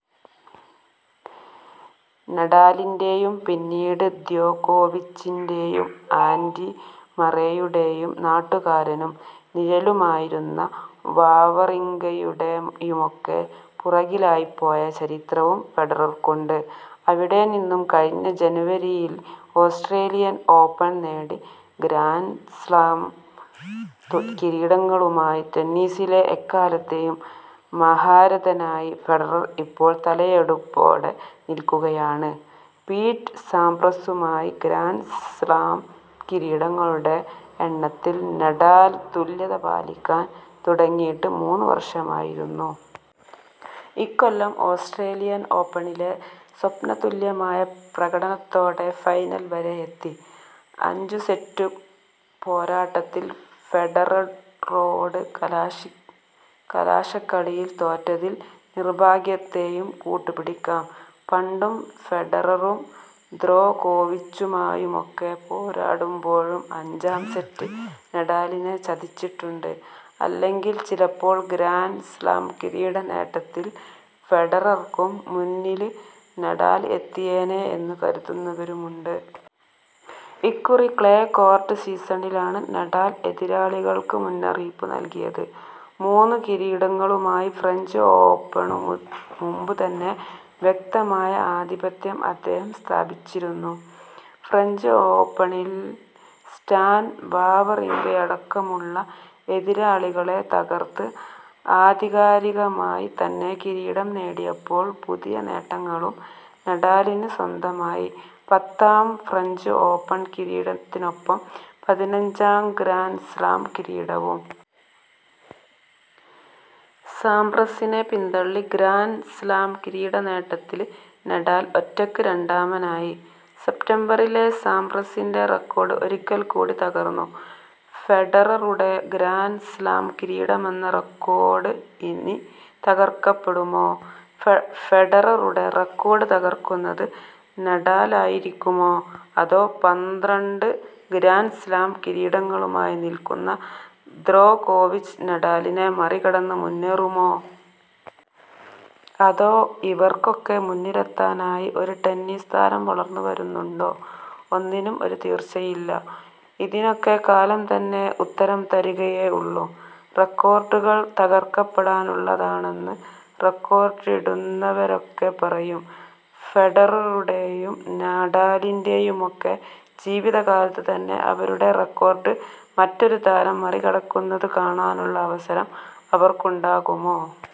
നഡാലിന്റെയും പിന്നീട് ദ്യോകോവിച്ചിന്റെയും ആന്ഡി മറേയുടെയും നാട്ടുകാരനും നിഴലുമായിരുന്ന വാവറിങ്കയുടെയുമൊക്കെ പുറകിലായിപ്പോയ ചരിത്രവും ഫെഡറര്ക്കുണ്ട്. അവിടെ നിന്നും കഴിഞ്ഞ ജനവരിയില് ഓസ്ട്രേലിയന് ഓപ്പണ് നേടി ഗ്രാന്ഡ് സ്ലാം കിരീടങ്ങളുമായി ടെന്നീസിലെ എക്കാലത്തെയും മഹാരഥനായി ഫെഡറര് ഇപ്പോള് തലയെടുപ്പോടെ നില്ക്കുകയാണ്. പീറ്റ് സാംപ്രസുമായി ഗ്രാന്ഡ് സ്ലാം കിരീടങ്ങളുടെ എണ്ണത്തില് നഡാല് തുല്യത പാലിക്കാന് തുടങ്ങിയിട്ട് മൂന്ന് വര്ഷമായിരുന്നു. ഇക്കൊല്ലം ഓസ്ട്രേലിയന് ഓപ്പണിലെ സ്വപ്നതുല്യമായ പ്രകടനത്തോടെ ഫൈനല് വരെയെത്തി. അഞ്ചു സെറ്റു പോരാട്ടത്തില് ഫെഡററോട് കലാ കലാശക്കളിയില് തോറ്റതില് നിര്ഭാഗ്യത്തെയും കൂട്ടു പിടിക്കാം. പണ്ടും ഫെഡററും ദ്യോകോവിച്ചുമായുമൊക്കെ പോരാടുമ്പോഴും അഞ്ചാം സെറ്റ് നഡാലിനെ ചതിച്ചിട്ടുണ്ട്. അല്ലെങ്കില് ചിലപ്പോള് ഗ്രാന്ഡ് സ്ലാം കിരീട നേട്ടത്തില് ഫെഡറര്ക്കും മുന്നില് നഡാല് എത്തിയേനേ എന്നു കരുതുന്നുവരുമുണ്ട്. ഇക്കുറി ക്ലേ കോര്ട്ട് സീസണിലാണ് നഡാല് എതിരാളികള്ക്ക് മുന്നറിയിപ്പു നല്കിയത്. മൂന്നു കിരീടങ്ങളുമായി ഫ്രഞ്ച് ഓപ്പണു മുമ്പു തന്നെ വ്യക്തമായ ആധിപത്യം അദ്ദേഹം സ്ഥാപിച്ചിരുന്നു. ഫ്രഞ്ച് ഓപ്പണില് സ്റ്റാന് വാവറിങ്കയടക്കമുളള എതിരാളികളെ തകര്ത്ത് ആധികാരികമായി തന്നെ കിരീടം നേടിയപ്പോള് പുതിയ നേട്ടങ്ങളും നഡാലിന് സ്വന്തമായി. പത്താം ഫ്രഞ്ച് ഓപ്പണ് കിരീടത്തിനൊപ്പം പതിനഞ്ചാം ഗ്രാന്ഡ് സ്ലാം കിരീടവും. സാംപ്രസിനെ പിന്തള്ളി ഗ്രാന്ഡ് സ്ലാം കിരീട നേട്ടത്തില് നഡാല് ഒറ്റയ്ക്ക് രണ്ടാമാനായി. സെപ്തംബറിലെ സാംപ്രസിന്റെ റെക്കോഡ് ഒരിക്കല്ക്കൂടി തകര്ന്നു. ഫെഡററുടെ ഗ്രാന്ഡ് സ്ലാം കിരീടമെന്ന റെക്കോഡ് ഇനി തകര്ക്കപ്പെടുമോ. ഫെ ഫെഡററുടെ റെക്കോഡ് തകര്ക്കുന്നത് നഡാലായിരിക്കുമോ. അതോ പന്ത്രണ്ട് ഗ്രാന്ഡ് സ്ലാം കിരീടങ്ങളുമായി നില്ക്കുന്ന ദ്യോകോവിച്ച് നഡാലിനെ മറികടന്ന് മുന്നേറുമോ. അതോ ഇവര്ക്കൊക്കെ മുന്നിലെത്താനായി ഒരു ടെന്നീസ് താരം വളര്ന്നു വരുന്നുണ്ടോ. ഒന്നിനും ഒരു തീര്ച്ചയില്ല. ഇതിനൊക്കെ കാലം തന്നെ ഉത്തരം തരുകയേ ഉള്ളൂ. റെക്കോട്ടുകള് തകര്ക്കപ്പെടാനുള്ളതാണെന്ന് റെക്കോഡിടുന്നവരൊക്കെ പറയും. ഫെഡററുടെയും നഡാലിന്റെയുമൊക്കെ ജീവിത കാലത്ത് തന്നെ അവരുടെ റെക്കോർട്ട് മറ്റൊരു താരം മറികടക്കുന്നതു കാണാനുള്ള അവസരം അവര്ക്കുണ്ടാകുമോ.